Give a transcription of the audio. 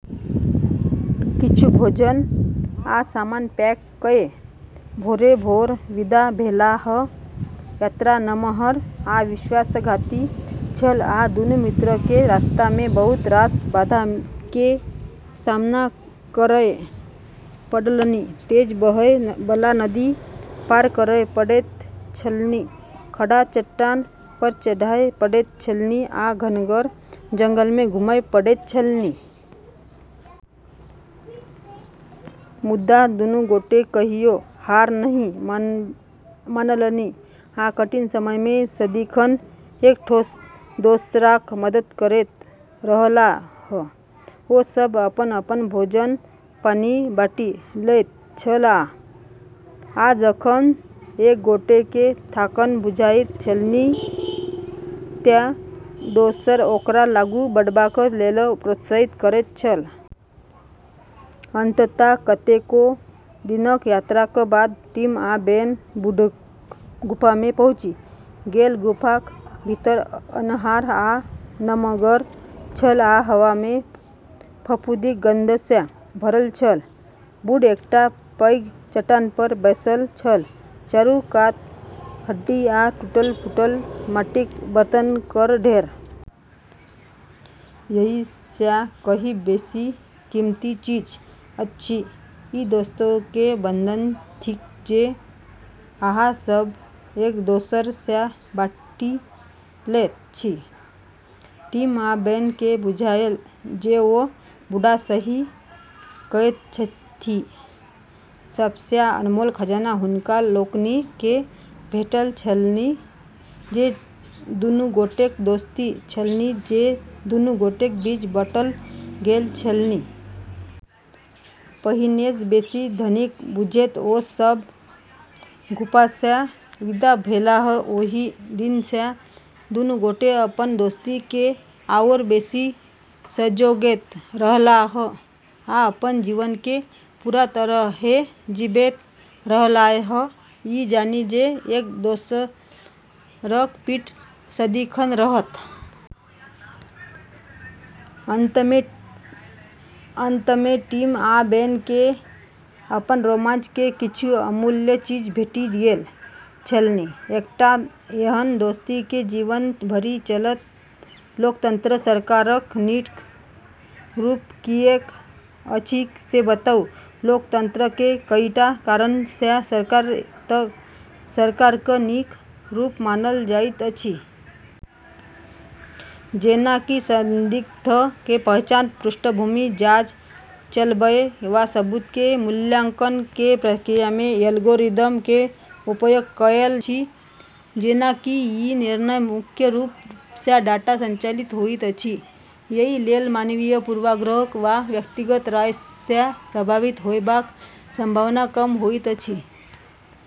किछु भोजन आ सामान पैक कए भोरे-भोर विदा भेलाह। यात्रा नमहर आ विश्वासघाती छल, आ दुनू मित्र के रास्ता मे बहुत रास बाधा के सामना करय पड़लनि। तेज बहय बला नदी पार करय पड़ैत छलनि, खड़ा चट्टान पर चढ़य पड़ैत छलनि आ घनगर जंगल मे घुमय पड़ैत छलनि। मुदा दुनू गोटे कहियो हार नहि मानलनि आ कठिन समय मे सदिखन एक-दोसराक मदद करैत रहलाह। ओ सभ अपन-अपन भोजन-पानि बाँटि लैत छल, आ जखन एक गोटेकेँ थाकल बुझाइत छलनि तँ दोसर ओकरा आगू बढ़बाक लेल प्रोत्साहित करैत छल। अंततः कतेको दिनक यात्राक बाद टिम आ बेन बूढ़क गुफा मे पहुँचि गेल। गुफाक भीतर अन्हार आ नमगर छल आ हवा मे फफूंदीक गंध सँ भरल छल। बूढ़ एकटा पैघ चट्टान पर बैसल छल, चारू कात हड्डी आ टूटल-फूटल माटिक बर्तनक ढेर। एहि सँ कहीं बेसी कीमती चीज अछि। ई दोस्ती के बंधन थिक जे अहाँ सभ एक-दोसर सँ बाँटि लैत छी।" टिम आ बेन केँ बुझायल जे ओ बुढ़ा सही कहैत छथि। सबसँ अनमोल खजाना हुनका लोकनि केँ भेटल छलनि जे दुनू गोटेक दोस्ती छलनि जे दुनू गोटेक बीच बाँटल गेल छलनि। पहिनेसँ बेसी धनिक बुझैत ओ सभ गुफासँ विदा भेलाह। ओहि दिन सँ दुनू गोटे अपन दोस्ती केँ आओर बेसी संजोगैत रहलाह आ अपन जीवन केँ पूरा तरहेँ जीबैत रहलाह, ई जानि जे एक-दोसरक पीठ सदिखन रहत। अंत मे टिम आ बेन केँ अपन रोमांच मे किछु अमूल्य चीज भेटि गेल छलनि: एकटा एहन दोस्ती जे जीवन भरि चलत। लोकतंत्र सरकारक नीक रूप किएक अछि से बताउ। लोकतंत्र कें कईटा कारण सँ सरकार क नीक रूप मानल जाइत अछि। जेना कि संदिग्ध के पहचान, पृष्ठभूमि जाँच चलबय वा सबूत के मूल्यांकन के प्रक्रिया मे एल्गोरिदम के उपयोग कएल जा सकैत अछि। जेना कि ई निर्णय मुख्य रूप सँ डाटा संचालित होइत अछि, एहि लेल मानवीय पूर्वाग्रह वा व्यक्तिगत राय सँ प्रभावित होयबाक संभावना कम होइत अछि।